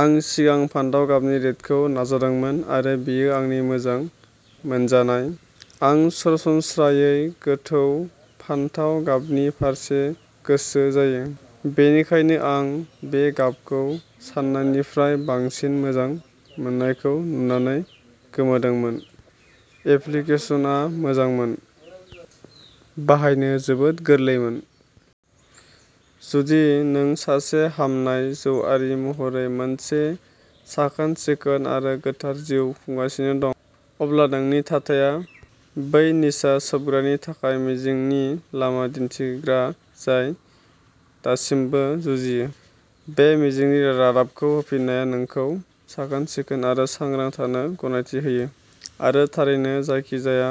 आं सिगां फान्थाव गाबनि शेडखौ नाजादोंमोन आरो बेयो आंनि मोजां मोनजानाय। आं सरासनस्रायै गोथौ फान्थाव गाबनि फारसे गोसो जायो, बेनिखायनो आं बे गाबखौ सान्नायनिफ्राय बांसिन मोजां मोननायखौ नुनानै गोमोदोंमोन। एप्लिकेशनआ मोजांमोन, बाहायनो जोबोद गोरलैमोन। जुदि नों सासे हामनाय जौआरि महरै मोनसे साखोन-सिखोन आरो गोथार जिउ खुंगासिनो दं, अब्ला नोंनि थाथाया बै निसा सोबग्रानि थाखाय मिजिंनि लामा दिन्थिग्रा जाय दासिमबो जुजियो। बे मिजिंनि रादाबखौ होफिन्नाया नोंखौ साखोन-सिखोन आरो सांग्रां थानो गनायथि होयो, आरो थारैनो जायखिजाया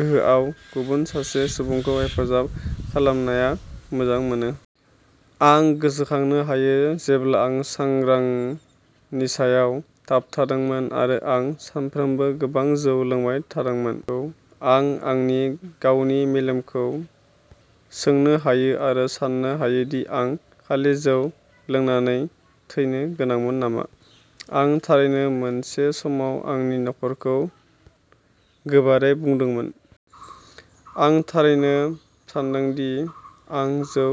गोहोआव गुबुन सासे सुबुंखौ हेफाजाब खालामनाया मोजां मोनो। आं गोसोखांनो हायो जेब्ला आं सांग्रां निसायाव थाबथादोंमोन आरो आं सानफ्रोमबो गोबां जौ लोंबाय थादोंमोन। आं आंनि गावनि मेलेमखौ सोंनो हायो, आरो साननो हायो दि आं खालि जौ लोंनानै थैनो गोनांमोन नामा। आं थारैनो मोनसे समाव आंनि नखरखौ गोबारै बुंदोंमोन। "आं थारैनो सानोदि आं जौ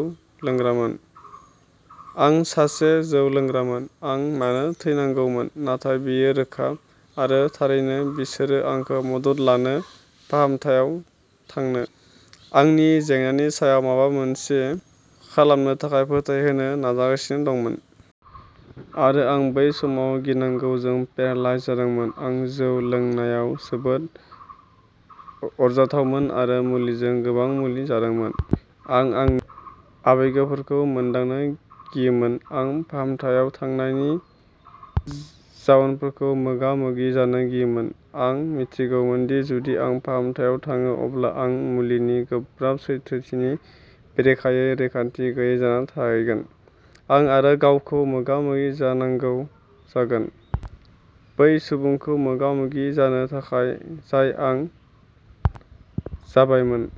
लोंग्रामोन। आं सासे जौ लोंग्रामोन। आं मानो थैनांगौमोन, नाथाय बेयो रोखा। " आरो थारैनो बिसोरो आंखौ मदद लानो, फाहामथायाव थांनो, आंनि जेंनानि सायाव माबा मोनसे खालामनो थाखाय फोथायहोनो नाजागासिनो दंमोन। आरो बै समाव आं गिनांगौजों पेरालाइज जादोंमोन। आं जौ लोंनायाव जोबोद आरजाथावमोन आरो मुलिजों गोबां मुलि होजादोंमोन। आं आंनि आबेगफोरखौ मोनदांनो गियोमोन, आं फाहामथायाव थांनायनि जाउनफोरखौ मोगा-मोगि जानो गियोमोन। आं मिथियोमोनदि जुदि आं फाहामथायाव थाङो अब्ला आं मुलुगनि गोब्राब सैथोथिनि बेरेखायै रैखाथि गैयै जाना थाहैगोन, आरो आं गावखौ मोगा-मोगि जानांगौ जागोन; बै सुबुंखौ मोगा-मोगि जानो थाखाय जाय आं जाबायमोन।